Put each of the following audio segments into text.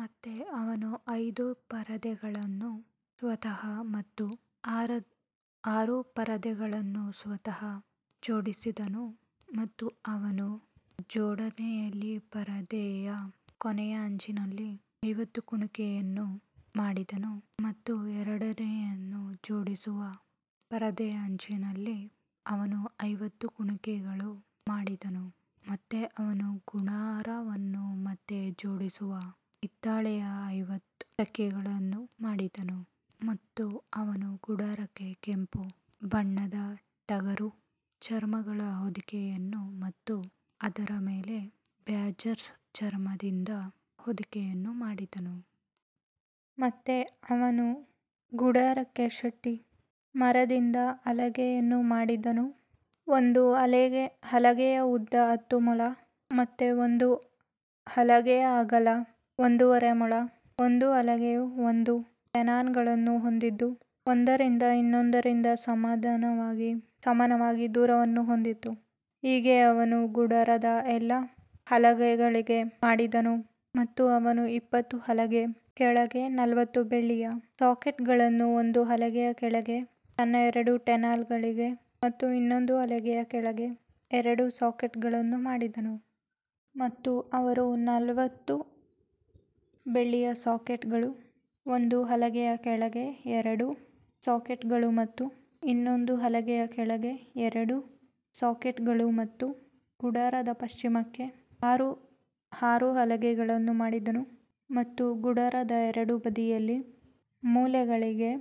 ಮತ್ತು ಅವನು ಐದು ಪರದೆಗಳನ್ನು ಸ್ವತಃ ಮತ್ತು ಆರು ಪರದೆಗಳನ್ನು ಸ್ವತಃ ಜೋಡಿಸಿದನು ಮತ್ತು ಅವನು ಜೋಡಣೆಯಲ್ಲಿ ಪರದೆಯ ಕೊನೆಯ ಅಂಚಿನಲ್ಲಿ ಐವತ್ತು ಕುಣಿಕೆಗಳನ್ನು ಮಾಡಿದನು ಮತ್ತು ಎರಡನೆಯದನ್ನು ಜೋಡಿಸುವ ಪರದೆಯ ಅಂಚಿನಲ್ಲಿ ಅವನು ಐವತ್ತು ಕುಣಿಕೆಗಳನ್ನು ಮಾಡಿದನು. ಮತ್ತು ಅವನು ಗುಡಾರವನ್ನು ಒಟ್ಟಿಗೆ ಜೋಡಿಸಲು ಹಿತ್ತಾಳೆಯ ಐವತ್ತು ಟಚ್ಗಳನ್ನು ಮಾಡಿದನು ಮತ್ತು ಅವನು ಗುಡಾರಕ್ಕೆ ಕೆಂಪು ಬಣ್ಣ ಬಳಿದ ಟಗರು ಚರ್ಮಗಳ ಹೊದಿಕೆಯನ್ನು ಮತ್ತು ಅದರ ಮೇಲೆ ಬ್ಯಾಜರ್ಸ್ ಚರ್ಮದಿಂದ ಹೊದಿಕೆಯನ್ನು ಮಾಡಿದನು. ಮತ್ತು ಅವನು ಗುಡಾರಕ್ಕೆ ಶಿಟ್ಟಿಮ್ ಮರದಿಂದ ಹಲಗೆಗಳನ್ನು ಮಾಡಿದನು ಒಂದು ಹಲಗೆಯ ಉದ್ದ ಹತ್ತು ಮೊಳ ಮತ್ತು ಒಂದು ಹಲಗೆಯ ಅಗಲ ಒಂದೂವರೆ ಮೊಳ ಒಂದು ಹಲಗೆಯು ಎರಡು ಟೆನಾನ್ಗಳನ್ನು ಹೊಂದಿದ್ದು ಒಂದರಿಂದ ಇನ್ನೊಂದರಿಂದ ಸಮಾನವಾಗಿ ದೂರವನ್ನು ಹೊಂದಿತ್ತು, ಹೀಗೆ ಅವನು ಗುಡಾರದ ಎಲ್ಲಾ ಹಲಗೆಗಳಿಗೆ ಮಾಡಿದನು ಮತ್ತು ಅವನು ಇಪ್ಪತ್ತು ಹಲಗೆಗಳ ಕೆಳಗೆ ನಲವತ್ತು ಬೆಳ್ಳಿಯ ಸಾಕೆಟ್ಗಳನ್ನು ಒಂದು ಹಲಗೆಯ ಕೆಳಗೆ ತನ್ನ ಎರಡು ಟೆನಾನ್ಗಳಿಗೆ ಮತ್ತು ಇನ್ನೊಂದು ಹಲಗೆಯ ಕೆಳಗೆ ಎರಡು ಸಾಕೆಟ್ಗಳನ್ನು ಮಾಡಿದನು. ಮತ್ತು ಅವರ ನಲವತ್ತು ಬೆಳ್ಳಿಯ ಸಾಕೆಟ್ಗಳು ಒಂದು ಹಲಗೆಯ ಕೆಳಗೆ ಎರಡು ಸಾಕೆಟ್ಗಳು ಮತ್ತು ಇನ್ನೊಂದು ಹಲಗೆಯ ಕೆಳಗೆ ಎರಡು ಸಾಕೆಟ್ಗಳು ಮತ್ತು ಗುಡಾರದ ಪಶ್ಚಿಮಕ್ಕೆ ಆರು ಹಲಗೆಗಳನ್ನು ಮಾಡಿದನು ಮತ್ತು ಗುಡಾರದ ಎರಡು ಬದಿಗಳಲ್ಲಿ ಮೂಲೆಗಳಿಗೆ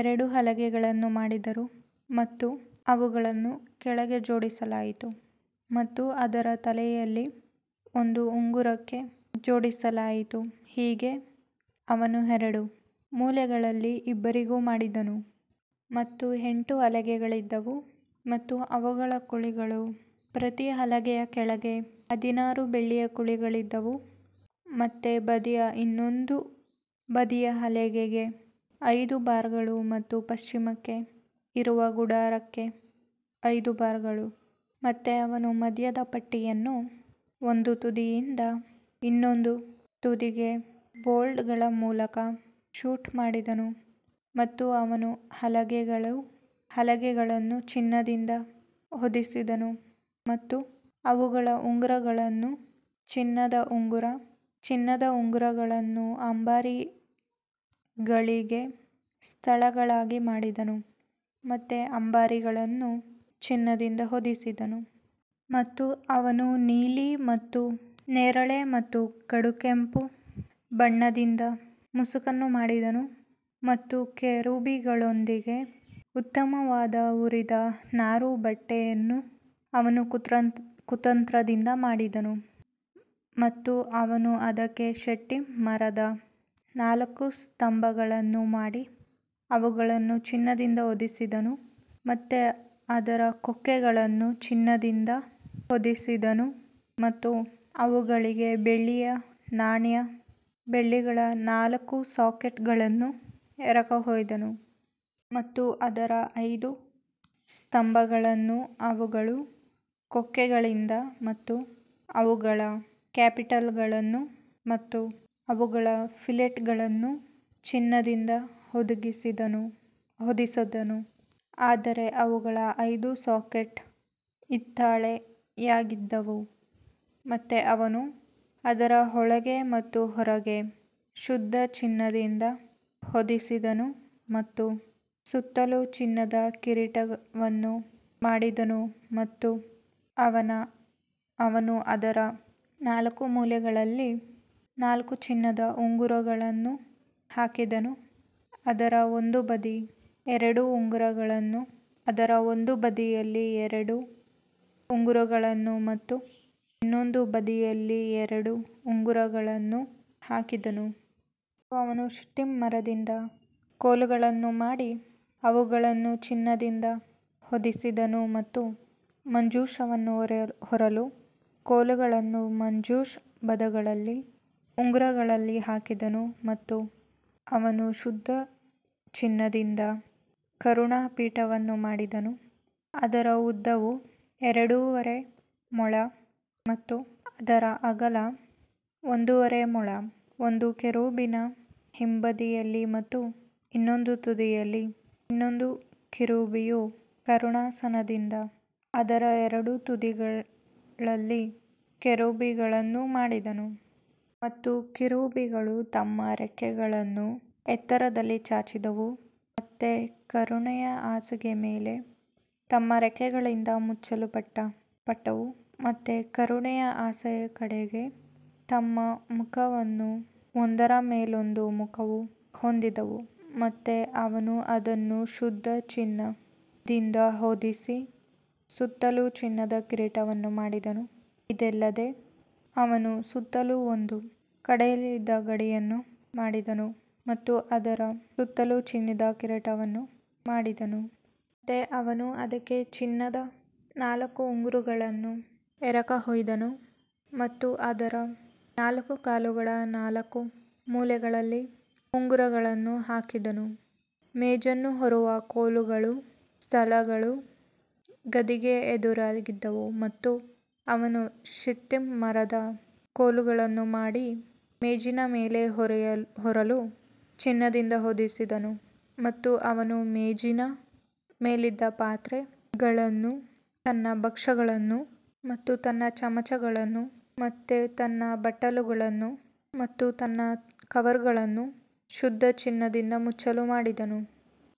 ಎರಡು ಹಲಗೆಗಳನ್ನು ಮಾಡಿದರು ಮತ್ತು ಅವುಗಳನ್ನು ಕೆಳಗೆ ಜೋಡಿಸಲಾಯಿತು ಮತ್ತು ಅದರ ತಲೆಯಲ್ಲಿ ಒಂದು ಉಂಗುರಕ್ಕೆ ಜೋಡಿಸಲಾಯಿತು, ಹೀಗೆ ಅವನು ಎರಡೂ ಮೂಲೆಗಳಲ್ಲಿ ಇಬ್ಬರಿಗೂ ಮಾಡಿದನು. ಮತ್ತು ಎಂಟು ಹಲಗೆಗಳಿದ್ದವು ಮತ್ತು ಅವುಗಳ ಕುಳಿಗಳು ಪ್ರತಿ ಹಲಗೆಯ ಕೆಳಗೆ ಹದಿನಾರು ಬೆಳ್ಳಿಯ ಕುಳಿಗಳಿದ್ದವು ಮತ್ತು ಗುಡಾರದ ಇನ್ನೊಂದು ಬದಿಯ ಹಲಗೆಗಳಿಗೆ ಐದು ಬಾರ್ಗಳು ಮತ್ತು ಪಶ್ಚಿಮಕ್ಕೆ ಇರುವ ಗುಡಾರದ ಹಲಗೆಗಳಿಗೆ ಐದು ಬಾರ್ಗಳು. ಮತ್ತು ಅವನು ಮಧ್ಯದ ಪಟ್ಟಿಯನ್ನು ಒಂದು ತುದಿಯಿಂದ ಇನ್ನೊಂದು ತುದಿಗೆ ಬೋರ್ಡ್ಗಳ ಮೂಲಕ ಶೂಟ್ ಮಾಡಿದನು ಮತ್ತು ಅವನು ಹಲಗೆಗಳನ್ನು ಚಿನ್ನದಿಂದ ಹೊದಿಸಿದನು ಮತ್ತು ಅವುಗಳ ಉಂಗುರಗಳನ್ನು ಚಿನ್ನದ ಉಂಗುರಗಳನ್ನು ಅಂಬಾರಿಗಳಿಗೆ ಸ್ಥಳಗಳಾಗಿ ಮಾಡಿದನು ಮತ್ತು ಅಂಬಾರಿಗಳನ್ನು ಚಿನ್ನದಿಂದ ಹೊದಿಸಿದನು. ಮತ್ತು ಅವನು ನೀಲಿ ಮತ್ತು ನೇರಳೆ ಮತ್ತು ಕಡುಗೆಂಪು ಬಣ್ಣದಿಂದ ಮುಸುಕನ್ನು ಮಾಡಿದನು ಮತ್ತು ಕೆರೂಬಿಗಳೊಂದಿಗೆ ಉತ್ತಮವಾದ ಹುರಿದ ನಾರುಬಟ್ಟೆಯನ್ನು ಅವನು ಕುತಂತ್ರದಿಂದ ಮಾಡಿದನು. ಮತ್ತು ಅವನು ಅದಕ್ಕೆ ಶಿಟ್ಟಿಮ್ ಮರದಿಂದ ನಾಲ್ಕು ಸ್ತಂಭಗಳನ್ನು ಮಾಡಿ ಅವುಗಳನ್ನು ಚಿನ್ನದಿಂದ ಹೊದಿಸಿದನು ಮತ್ತು ಅವುಗಳ ಕೊಕ್ಕೆಗಳನ್ನು ಚಿನ್ನದಿಂದ ಹೊದಿಸಿದನು ಮತ್ತು ಅವುಗಳಿಗೆ ಬೆಳ್ಳಿಯ ನಾಲ್ಕು ಸಾಕೆಟ್ಗಳನ್ನು ಎರಕಹೊಯ್ದನು. ಮತ್ತು ಅದರ ಐದು ಸ್ತಂಭಗಳನ್ನು ಅವುಗಳ ಕೊಕ್ಕೆಗಳಿಂದ ಮತ್ತು ಅವುಗಳ ಚ್ಯಾಪಿಟರ್ಗಳನ್ನು ಮತ್ತು ಅವುಗಳ ಫಿಲೆಟ್ಗಳನ್ನು ಚಿನ್ನದಿಂದ ಹೊದಿಸಿದನು ಆದರೆ ಅವುಗಳ ಐದು ಸಾಕೆಟ್ಗಳು ಹಿತ್ತಾಳೆಯದ್ದಾಗಿದ್ದವು. ಮತ್ತು ಅವನು ಅದರ ಒಳಗೆ ಮತ್ತು ಹೊರಗೆ ಶುದ್ಧ ಚಿನ್ನದಿಂದ ಹೊದಿಸಿದನು ಮತ್ತು ಸುತ್ತಲೂ ಚಿನ್ನದ ಕಿರೀಟವನ್ನು ಮಾಡಿದನು ಮತ್ತು ಅವನು ಅದರ ನಾಲ್ಕು ಮೂಲೆಗಳಲ್ಲಿ ನಾಲ್ಕು ಚಿನ್ನದ ಉಂಗುರಗಳನ್ನು ಹಾಕಿದನು, ಅದರ ಒಂದು ಬದಿಯಲ್ಲಿ ಎರಡು ಉಂಗುರಗಳನ್ನು ಮತ್ತು ಇನ್ನೊಂದು ಬದಿಯಲ್ಲಿ ಎರಡು ಉಂಗುರಗಳನ್ನು ಹಾಕಿದನು. ಮತ್ತು ಅವನು ಶಿತ್ತಿಮ್ ಮರದಿಂದ ಕೋಲುಗಳನ್ನು ಮಾಡಿ ಅವುಗಳನ್ನು ಚಿನ್ನದಿಂದ ಹೊದಿಸಿದನು ಮತ್ತು ಮಂಜೂಷವನ್ನು ಹೊರಲು ಕೋಲುಗಳನ್ನು ಮಂಜೂಷದ ಬದಿಗಳಲ್ಲಿ ಉಂಗುರಗಳಲ್ಲಿ ಹಾಕಿದನು ಮತ್ತು ಅವನು ಶುದ್ಧ ಚಿನ್ನದಿಂದ ಕರುಣಾಪೀಠವನ್ನು ಮಾಡಿದನು, ಅದರ ಉದ್ದವು ಎರಡುವರೆ ಮೊಳ ಮತ್ತು ಅದರ ಅಗಲ ಒಂದೂವರೆ ಮೊಳ. ಒಂದು ಕೆರೂಬಿನ ಈ ಬದಿಯಲ್ಲಿ ಮತ್ತು ಇನ್ನೊಂದು ತುದಿಯಲ್ಲಿ ಇನ್ನೊಂದು ಕೆರೂಬಿಯು ಕರುಣಾಾಸನದಿಂದ ಅದರ ಎರಡು ತುದಿಗಳಲ್ಲಿ ಕೆರೂಬಿಗಳನ್ನು ಮಾಡಿದನು. ಮತ್ತು ಕೆರೂಬಿಗಳು ತಮ್ಮ ರೆಕ್ಕೆಗಳನ್ನು ಎತ್ತರದಲ್ಲಿ ಚಾಚಿದವು ಮತ್ತು ಕರುಣೆಯ ಆಸನದ ಮೇಲೆ ತಮ್ಮ ರೆಕ್ಕೆಗಳಿಂದ ಮುಚ್ಚಲ್ಪಟ್ಟವು ಮತ್ತು ಕರುಣೆಯ ಆಸನದ ಕಡೆಗೆ ತಮ್ಮ ಮುಖಗಳನ್ನು ಒಂದರ ಮೇಲೊಂದು ಮುಖಗಳನ್ನು ಹೊಂದಿದ್ದವು. ಮತ್ತು ಅವನು ಅದನ್ನು ಶುದ್ಧ ಚಿನ್ನದಿಂದ ಹೊದಿಸಿ ಸುತ್ತಲೂ ಚಿನ್ನದ ಕಿರೀಟವನ್ನು ಮಾಡಿದನು ಇದಲ್ಲದೆ ಅವನು ಅದರ ಸುತ್ತಲೂ ಒಂದು ಕೈಅಗಲದ ಗಡಿಯನ್ನು ಮಾಡಿದನು ಮತ್ತು ಅದರ ಸುತ್ತಲೂ ಚಿನ್ನದ ಕಿರೀಟವನ್ನು ಮಾಡಿದನು. ಮತ್ತು ಅವನು ಅದಕ್ಕೆ ಚಿನ್ನದ ನಾಲ್ಕು ಉಂಗುರಗಳನ್ನು ಎರಕಹೊಯ್ದನು ಮತ್ತು ಅದರ ನಾಲ್ಕು ಕಾಲುಗಳ ನಾಲ್ಕು ಮೂಲೆಗಳಲ್ಲಿ ಉಂಗುರಗಳನ್ನು ಹಾಕಿದನು. ಮೇಜನ್ನು ಹೊರುವ ಕೋಲುಗಳ ಸ್ಥಳಗಳು ಗಡಿಗೆ ಎದುರಾಗಿದ್ದವು ಮತ್ತು ಅವನು ಶಿತ್ತಿಮ್ ಮರದಿಂದ ಕೋಲುಗಳನ್ನು ಮಾಡಿ ಮೇಜಿನ ಮೇಲೆ ಹೊರಲು ಚಿನ್ನದಿಂದ ಹೊದಿಸಿದನು ಮತ್ತು ಅವನು ಮೇಜಿನ ಮೇಲಿದ್ದ ಪಾತ್ರೆಗಳನ್ನು ತನ್ನ ಭಕ್ಷ್ಯಗಳನ್ನು ಮತ್ತು ತನ್ನ ಚಮಚಗಳನ್ನು ಮತ್ತು ತನ್ನ ಬಟ್ಟಲುಗಳನ್ನು ಮತ್ತು ತನ್ನ ಕವರ್ಗಳನ್ನು ಶುದ್ಧ ಚಿನ್ನದಿಂದ ಮುಚ್ಚಲು ಮಾಡಿದನು.